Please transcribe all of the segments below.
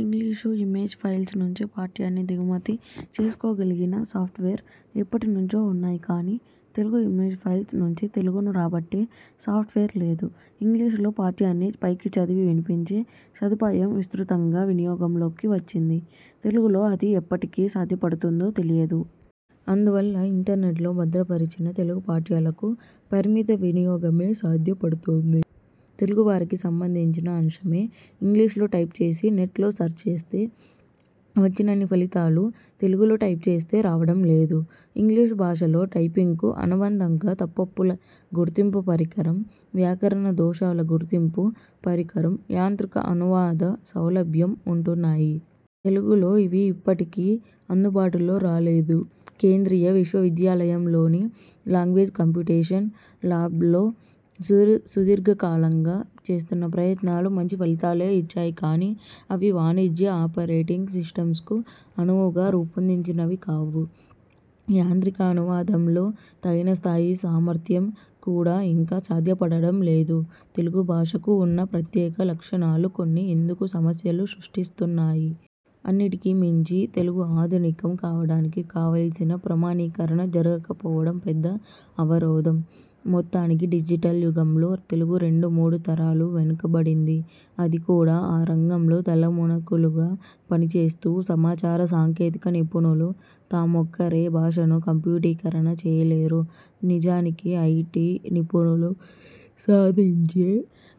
English image files నుంచి పాఠ్యాన్ని దిగుమతి చేసుకోగలిగిన సాఫ్ట్వేర్స్ ఎప్పటి నుంచో ఉన్నాయి కానీ, తెలుగు ఇమేజ్ ఫైల్స్ నుంచి తెలుగును రాబట్టే సాఫ్ట్వేర్ లేదు. ఇంగ్లీషులో పాఠ్యాన్ని పైకి చదివి వినిపించే సదుపాయం విస్తృతంగా వినియోగంలోకి వచ్చింది. తెలుగులో అది ఎప్పటికి సాధ్యపడుతుందో తెలియదు. అందువల్ల, ఇంటర్నెట్లో భద్రపరిచిన తెలుగు పాఠ్యాలకు పరిమిత వినియోగమే సాధ్యపడుతోంది. తెలుగువారికి సంబంధించిన అంశమే, ఇంగ్లీషులో టైప్చేసి నెట్లో సెర్చ్ చేస్తే వచ్చినన్ని ఫలితాలు, తెలుగులో టైప్ చేస్తే రావడం లేదు. ఇంగ్లీషు భాషలో టైపింగ్కు అనుబంధంగా, తప్పొప్పుల గుర్తింపు పరికరం, వ్యాకరణదోషాల గుర్తింపు పరికరం, యాంత్రిక అనువాద సౌలభ్యం ఉంటున్నాయి. తెలుగులో ఇవి ఇప్పటికీ అందుబాటులో రాలేదు. కేంద్రీయ విశ్వవిద్యాలయంలోని లాంగ్వేజ్ కంప్యూటేషన్ లాబ్లో సుదీర్ఘకాలంగా చేస్తున్న ప్రయత్నాలు మంచి ఫలితాలే ఇచ్చాయి కానీ, అవి వాణిజ్య ఆపరేటింగ్ సిస్టమ్స్కు అనువుగా రూపొందించినవి కావు. యాంత్రిక అనువాదంలో తగినస్థాయి సామర్థ్యం కూడా ఇంకా సాధ్యపడడంలేదు. తెలుగుభాషకు ఉన్న ప్రత్యేక లక్షణాలు కొన్ని ఇందుకు సమస్యలు సృష్టిస్తున్నాయి. అన్నిటికి మించి, తెలుగు ఆధునికం కావడానికి కావలసిన ప్రమాణీకరణ జరగకపోవడం పెద్ద అవరోధం. మొత్తానికి డిజిటల్ యుగంలో తెలుగు రెండు మూడు తరాలు వెనుకబడింది. అది కూడా, ఆ రంగంలో తలమునకలుగా పనిచేస్తూ. సమాచార సాంకేతిక నిపుణులు, తామొక్కరే భాషను కంప్యూటీకరణ చేయలేరు. నిజానికి ఐటీ నిపుణులు సాధించే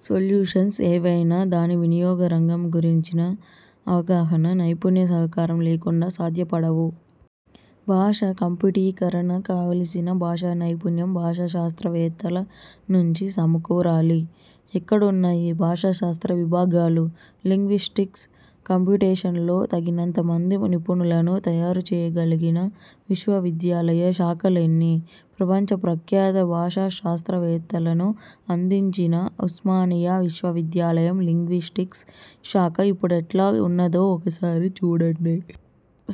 సొల్యూషన్స్ ఏవైనా, దాని వినియోగ రంగం గురించిన అవగాహన, నైపుణ్య సహకారం లేకుండా సాధ్యపడవు. భాష కంప్యూటీకరణ కావలసిన భాషానైపుణ్యం భాషాశాస్త్రవేత్తల నుంచి సమకూరాలి. ఎక్కడున్నాయి భాషాశాస్త్ర విభాగాలు? లింగ్విస్టిక్స్ కంప్యూటేషన్లో తగినంత మంది నిపుణులను తయారుచేయగలిగిన విశ్వవిద్యాలయ శాఖలెన్ని? ప్రపంచ ప్రఖ్యాత భాషాశాస్త్రవేత్తలను అందించిన ఉస్మానియా విశ్వవిద్యాలయం లింగ్విస్టిక్స్ శాఖ ఇప్పుడెట్లా ఉన్నదో ఒకసారి చూడండి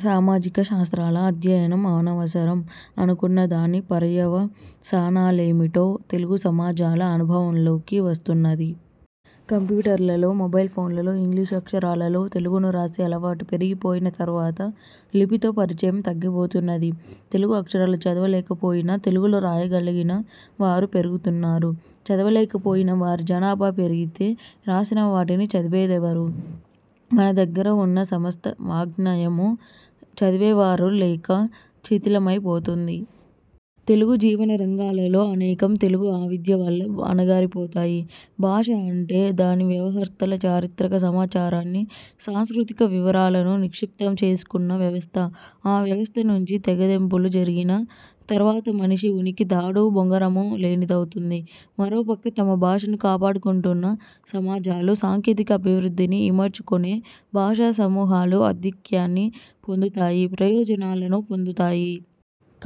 సామాజిక శాస్త్రాల అధ్యయనం అనవసరం అనుకున్న దాని పర్యవసానాలేమిటో తెలుగు సమాజాల అనుభవంలోకి వస్తున్నది. కంప్యూటర్లలో, మొబైల్ ఫోన్లలో ఇంగ్లీషు అక్షరాలలో తెలుగును రాసే అలవాటు పెరిగిపోయిన తరువాత, లిపితో పరిచయం తగ్గిపోతున్నది. తెలుగు అక్షరాలు చదవలేకపోయినా, తెలుగులో రాయగలిగిన వారు పెరుగుతున్నారు. చదవలేకపోయిన వారిజనాభా పెరిగితే, రాసిన వాటిని చదివేదెవరు? మన దగ్గర ఉన్న సమస్త వాఙ్మయమూ చదివేవారు లేక, శిథిలమై పోతుంది. తెలుగు జీవన రంగాలలో అనేకం, తెలుగు అవిద్య వల్ల అణగారిపోతాయి. భాష అంటే, దాని వ్యవహర్తల చారిత్రక సమాచారాన్ని, సాంస్కృతిక వివరాలను నిక్షిప్తం చేసుకున్న వ్యవస్థ. ఆ వ్యవస్థ నుంచి తెగదెంపులు జరిగిన తరవాత మనిషి ఉనికి తాడూ బొంగరమూ లేనిదవుతుంది. మరోపక్క, తమ భాషను కాపాడుకుంటున్న సమాజాలు, సాంకేతిక అభివృద్ధిని ఇముడ్చుకునే భాషా సమూహాలు ఆధిక్యాన్ని పొందుతాయి, ప్రయోజనాలనూ పొందుతాయి.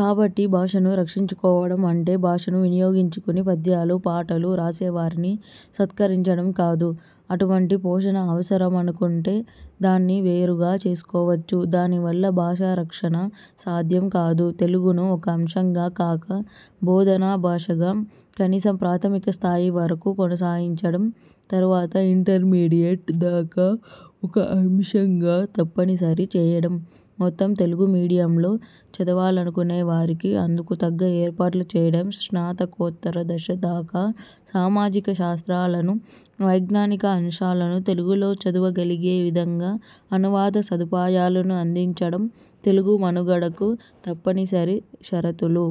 కాబట్టి, భాషను రక్షించుకోవడం అంటే, భాషను వినియోగించుకుని పద్యాలూ పాటలూ రాసేవారిని సత్కరించడం కాదు. అటువంటి పోషణ అవసరమనుకుంటే దాన్ని వేరుగా చేసుకోవచ్చు. దాని వల్ల భాషారక్షణ సాధ్యం కాదు. తెలుగును ఒక అంశంగా కాక, బోధనా భాషగా కనీసం ప్రాథమిక స్థాయి వరకు కొనసాగించడం, తరువాత ఇంటర్మీడియేట్ దాకా ఒక అంశంగా తప్పనిసరి చేయడం, మొత్తం తెలుగు మీడియంలో చదవాలనుకునేవారికి అందుకు తగ్గ ఏర్పాట్లు చేయడం, స్నాతకోత్తర దశ దాకా సామాజిక శాస్త్రాలను, వైజ్ఞానిక అంశాలను తెలుగులో చదువగలిగే విధంగా అనువాద సదుపాయాలను అందించడం– తెలుగు మనుగడకు తప్పనిసరి షరతులు.